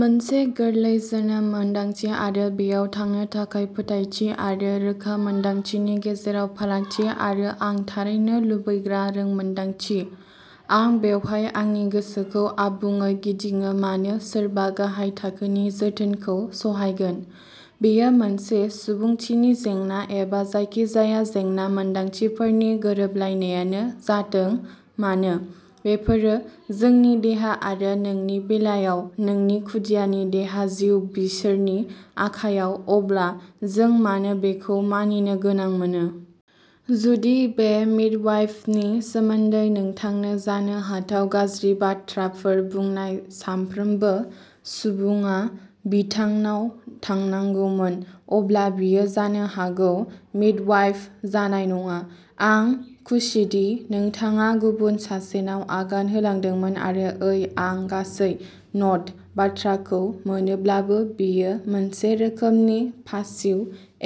मोनसे गोरलै जोनोम मोन्दांथि आरो बेयाव थांनो थाखाय फोथायथि आरो रोखा मोन्दांथिनि गेजेराव फारागथि, आरो आं थारैनो लुबैग्रा रोंमोनदांथि। आं बेवहाय आंनि गोसोखौ आबुङै गिदिङो, मानो सोरबा गाहाय थाखोनि जोथोनखौ सहायगोन? बेयो मोनसे सुबुंथिनि जेंना एबा जायखिजाया जेंना मोन्दांथिफोरनि गोरोबलायनायानो जाथों मानो, बेफोरो जोंनि देहा आरो नोंनि बेलायाव, नोंनि खुदियानि देहा, जिउ, बिसोरनि आखायाव अब्ला जों मानो बेखौ मानिनो गोनां मोनो? जुदि बे मिडवाइफनि सोमोन्दै नोंथांनो जानो हाथाव गाज्रि बाथ्राफोर बुंनाय साफ्रोमबो सुबुङा बिथांनाव थांनांगौमोन, अब्ला बियो जानो हागौ मिडवाइफ जानाय नङा। आं खुसिदि नोंथाङा गुबुन सासेनाव आगान होलांदोंमोन। आरो ओइ, आं गासै न'ट बाथ्राखौ मोनोब्लाबो, बेयो मोनसे रोखोमनि पासिव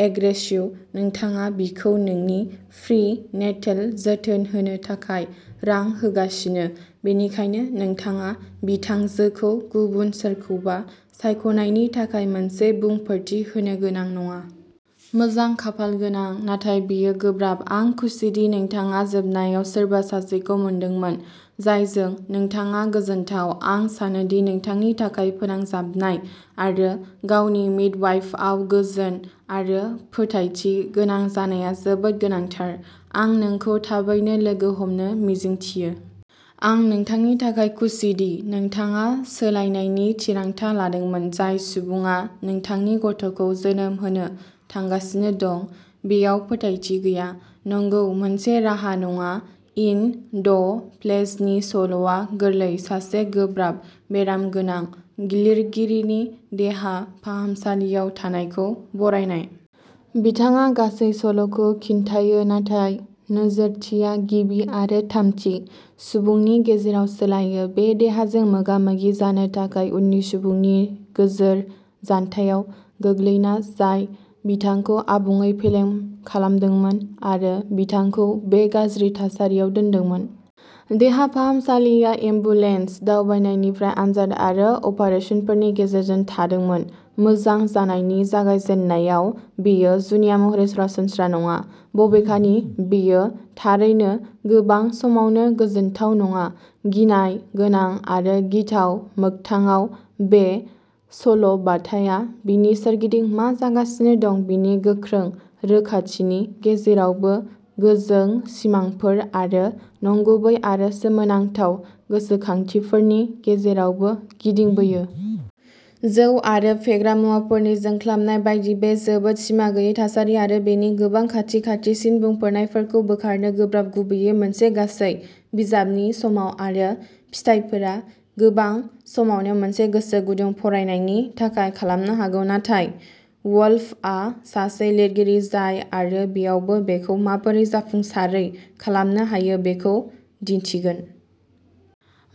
एग्रेसिव, नोंथाङा बिखौ नोंनि प्रि नेटेल जोथोन होनो थाखाय रां होगासिनो बेनिखायनो, नोंथाङा बिथांजोखौ गुबुन सोरखौबा सायख'नायनि थाखाय मोनसे बुंफोरथि होनो गोनां नङा। मोजां खाफालगोनां, नाथाय बेयो गोब्राब। आं खुसिदि नोंथाङा जोबनायाव सोरबा सासेखौ मोनदोंमोन जायजों नोंथाङा गोजोनथाव। आं सानो दि नोंथांनि थाखाय फोनांजाबनाय आरो गावनि मिडवाइफआव गोजोन आरो फोथायथि गोनां जानाया जोबोद गोनांथार। आं नोंखौ थाबैनो लोगो हमनो मिजिंथियो। आं नोंथांनि थाखाय खुसिदि नोंथाङा सोलायनायनि थिरांथा लादोंमोन। जाय सुबुङा नोंथांनि गथ'खौ जोनोम होनो थांगासिनो दं, बेयाव फोथायथि गैया? नंगौ, मोनसे राहा नङा। इन द फ्लेशनि सल'आ गोरलै, सासे गोब्राब बेरामगोनां लिरगिरिनि देहा फाहामसालियाव थानायखौ बरनायनाय। बिथाङा गासै सल'खौ खिन्थायो, नाथाय नोजोरथिया गिबि आरो थामथि सुबुंनि गेजेराव सोलायो, बे देहाजों मोगा मोगि जानो थाखाय उननि सुबुंनि गोजोर जानथायाव गोग्लैना, जाय बिथांखौ आबुङै फेलें खालामदोंमोन आरो बिथांखौ बे गाज्रि थासारियाव दोनदोंमोन। देहा फाहामसालिया एम्बुलेन्स दावबायनायनिफ्राय आनजाद आरो अपारेसनफोरनि गेजेरजों थादोंमोन। मोजां जानायनि जागायजेन्नायाव, बेयो जुनिया महरै सरासनस्रा नङा, बबेखानि बेयो थारैनो गोबां समावनो गोजोनथाव नङा, गिनाय गोनां आरो गिथाव। मोगथाङाव बे सल' बाथाया बिनि सोरगिदिं मा जागासिनो दं बिनि गोख्रों रोखाथिनि गेजेरावबो गोजों सिमांफोर आरो नंगुबै आरो सोमोनांथाव गोसोखांथिफोरनि गेजेरावबो गिदिंबोयो। जौ आरो फेग्रा मुवाफोरनि जोंख्लाबनाय बायदि, बे जोबोद सिमा गैयै थासारि आरो बेनि गोबां खाथि खाथिसिन बुंफोरनायफोरखौ बोखारनो गोब्राब गुबैयै मोनसे गासै बिजाबनि समाव आरो फिथायफोरा गोबां समावनो मोनसे गोसो गुदुं फरायनायनि थाखाय खालामनो हागौ, नाथाय वुल्फआ सासे लिरगिरि जाय आरो बेयावबो बेखौ माबोरै जाफुंसारै खालामनो हायो बेखौ दिन्थिगोन।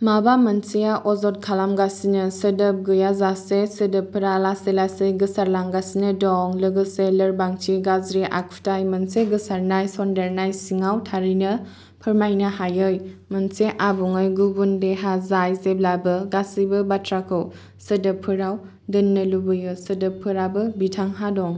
माबा मोनसेआ अजद खालामगासिनो, सोदोब गैयाजासे। सोदोबफोरा लासै लासै गोसारलांगासिनो दं, लोगोसे लोरबांथि। गाज्रि आखुथाय मोनसे गोसारनाय सन्देरनाय सिङाव थारैनो फोरमायनो हायै, मोनसे आबुङै गुबुन देहा जाय जेब्लाबो गासैबो बाथ्राखौ सोदोबफोराव दोननो लुबैयो। सोदोबफोराबो बिथांहा दं।